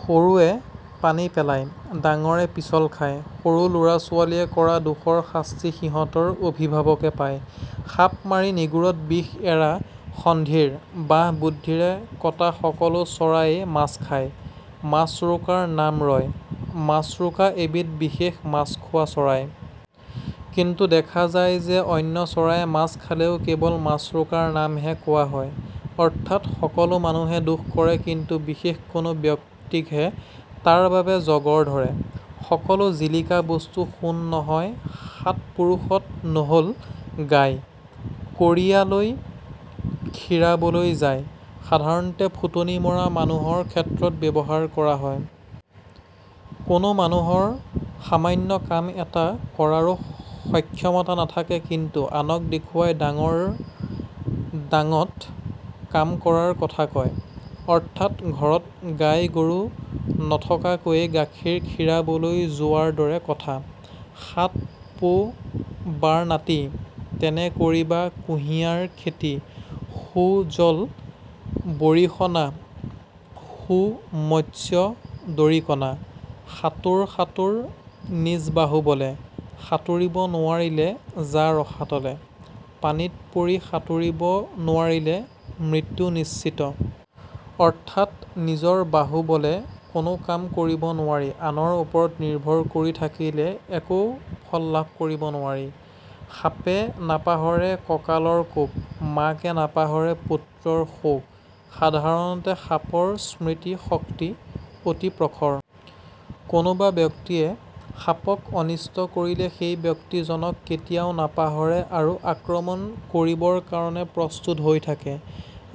সৰুৱে পানী পেলাই, ডাঙৰে পিছল খাই: সৰু লৰা-ছোৱালীৱে কৰা দোষৰ শাস্তি সিহঁতৰ অভিভাৱকে পায়। সাপ মাৰি নেগুৰত বিষ এৰা সন্ধিৰ বাহ বুদ্ধিৰে কটা সকলো চৰাইয়ে মাছ খায়, মাছৰোকাৰ নাম ৰয়: মাছৰোকা এবিধ বিশেষ মাছখোৱা চৰাই। কিন্তু দেখা যায় যে অন্য চৰায়ে মাছ খালেও কেৱল মাছৰোকাৰ নামহে কোৱা হয়। অৰ্থাৎ সকলো মানুহে দোষ কৰে কিন্তু বিশেষ কোনো ব্যক্তিকহে তাৰ বাবে জগৰ ধৰে। সকলো জিলিকা বস্তু সোণ নহয় সাত পুৰুষত নহ'ল গাই, কঁৰীয়া লৈ খীৰাবলৈ যায়: সাধাৰণতে ফুটনি মৰা মানুহৰ ক্ষেত্ৰত ব্যৱহাৰ কৰা হয়। কোনো মানুহৰ সামান্য কাম এটা কৰাৰোঁ সক্ষমতা নাথাকে কিন্তু আনক দেখুৱাই ডাঙৰ ডাঙত কাম কৰাৰ কথা কয়। অৰ্থাৎ ঘৰত গাই-গৰু নথকাকৈয়ে গাখীৰ খিৰাবলৈ যোৱাৰ দৰে কথা। সাত পো বাৰ নাতি, তেহে কৰিবা কুহিয়াৰ খেতি সু জল বৰিষণা, সু মত্স্য দৰিকণা সাতোৰ সাতোৰ নিজ বাহু বলে, সাতুৰিব নোৱাৰিলে যা ৰসাতলে: পানীত পৰি সাতোৰিব নোৱাৰিলে মৃত্যু নিশ্চিত। অৰ্থাৎ নিজৰ বাহু বলে কোনো কাম কৰিব নোৱাৰি আনৰ ওপৰত নিৰ্ভৰ কৰি থাকিলে একো ফল লাভ কৰিব নোৱাৰি। সাপে নাপাহৰে কঁকালৰ কোব, মাকে নাপাহৰে পুত্ৰৰ শোক: সাধাৰণতে সাপৰ স্মৃতি শক্তি অতি প্ৰখৰ। কোনোবা ব্যক্তিয়ে সাপক অনিষ্ট কৰিলে সেই ব্যক্তি জনক কেতিয়াও নাপাহৰে আৰু আক্ৰমণ কৰিবৰ কাৰণে প্ৰস্তুত হৈ থাকে।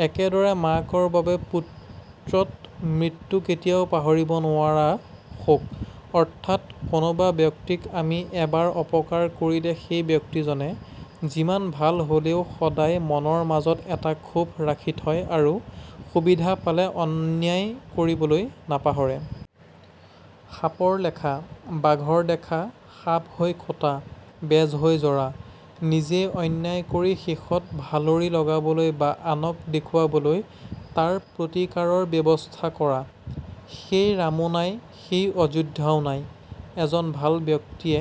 একেদৰে মাকৰ বাবে পুত্ৰত মৃত্যু কেতিয়াও পাহৰিব নোৱাৰা শোক। অৰ্থাৎ কোনোবা ব্যক্তিক আমি এবাৰ অপকাৰ কৰিলে সেই ব্যক্তিজনে যিমান ভাল হ'লেও সদায় মনৰ মাজত এটা ক্ষোভ ৰাখি থয় আৰু সুবিধা পালে অন্যায় কৰিবলৈ নাপাহৰে। সাপৰ লেখা, বাঘৰ দেখা সাপ হৈ খোটা, বেজ হৈ জৰা: নিজেই অন্যায় কৰি শেষত ভালৰি লগাবলৈ বা আনক দেখুৱাবলৈ তাৰ প্ৰতিকাৰৰ ব্যৱস্থা কৰা। সেই ৰামো নাই, সেই অযোধ্যাও নাই: এজন ভাল ব্যক্তিয়ে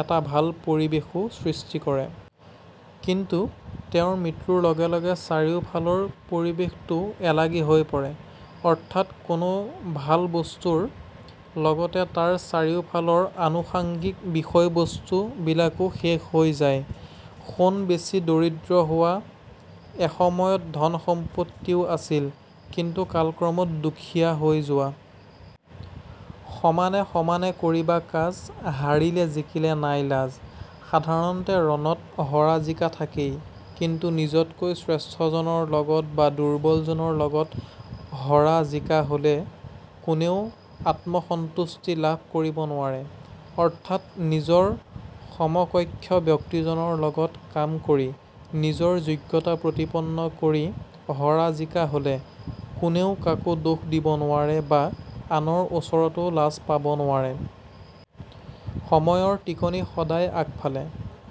এটা ভাল পৰিবেশো সৃষ্টি কৰে। কিন্তু তেওঁৰ মৃত্যুৰ লগে লগে চাৰিওফালৰ পৰিবেশটোও এলাগি হৈ পৰে। অৰ্থাৎ কোনো ভাল বস্তুৰ লগতে তাৰ চাৰিওফালৰ আনুষাঙ্গিক বিষয়বস্তু বিলাকো শেষ হৈ যায়। সোণ বেছি দৰিদ্ৰ হোৱা: এসময়ত ধণ সম্পত্তি আছিল, কিন্তু কালক্ৰমত দুখীয়া হৈ যোৱা। সমানে সমানে কৰিবা কাজ, হাৰিলে জিকিলে নাই লাজ: সাধাৰণতে ৰণত হৰা জিকা থাকেই, কিন্তু নিজতকৈ শ্ৰেষ্ঠজনৰ লগত বা দুৰ্বলজনৰ লগত হৰা জিকা হ'লে কোনেও আত্মসন্তুষ্টি লাভ কৰিব নোৱাৰে। অৰ্থাৎ নিজৰ সমকক্ষ ব্যক্তিজনৰ লগত কাম কৰি, নিজৰ যোগ্যতা প্ৰতিপন্ন কৰি হৰা জিকা হ'লে কোনেও কাকো দোষ দিব নোৱাৰে বা আনৰ ওচৰতো লাজ পাব নোৱাৰে। সময়ৰ টিকনি সদায় আগফালে: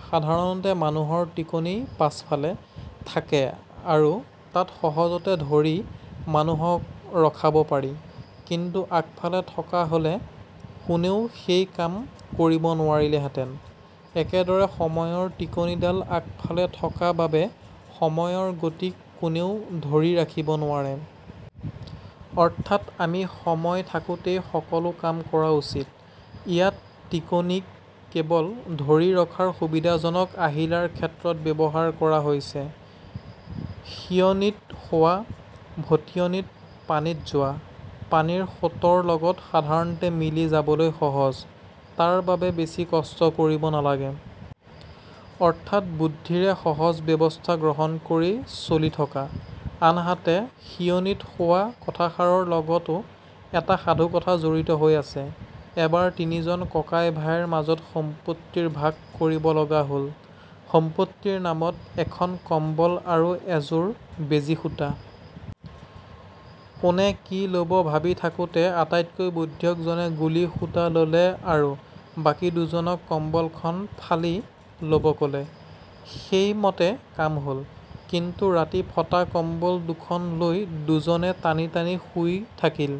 সাধাৰণতে মানুহৰ টিকনি পাছফালে থাকে আৰু তাত সহজতে ধৰি মানুহক ৰখাব পাৰি। কিন্তু আগফালে থকা হ'লে কোনেও সেই কাম কৰিব নোৱাৰিলেহেঁতেন। একেদৰে সময়ৰ টিকনিডাল আগফালে থকা বাবে সময়ৰ গতিক কোনেও ধৰি ৰাখিব নোৱাৰে। অৰ্থাৎ আমি সময় থাকোঁতেই সকলোঁ কাম কৰা উচিত। ইয়াত টিকনি-ক কেৱল ধৰি ৰখাৰ সুবিধাজনক আহিলাৰ ক্ষেত্ৰত ব্যৱহাৰ কৰা হৈছে। সিয়নীত শুৱা, ভটিয়নি পানীত যোৱা: পানীৰ সোঁতৰ লগত সাধাৰণতে মিলি যাবলৈ সহজ। তাৰ বাবে বেছি কষ্ট কৰিব নালাগে। অৰ্থাৎ বুদ্ধিৰে সহজ ব্যৱস্থা গ্ৰহণ কৰি চলি থকা। আনহাতে সিয়নীত শুৱা কথাষাৰৰ লগতো এটা সাধুকথা জড়িত হৈ আছে। এবাৰ তিনিজন ককাই-ভাইৰ মাজত সম্পত্তিৰ ভাগ কৰিব লগা হ'ল। সম্পত্তিৰ নামত এখন কম্বল আৰু এযোৰ বেজি-সূঁতা। কোনে কি ল'ব ভাবি থাকোঁতে আটাইতকৈ বুদ্ধিয়ক জনে গুলি-সূঁতা ল'লে আৰু বাকি দুজনক কম্বলখন ফালি ল'ব ক'লে। সেই মতে কাম হ'ল। কিন্তু ৰাতি ফটা কম্বল দুখন লৈ দুজনে টানি-টানি শুই থাকিল।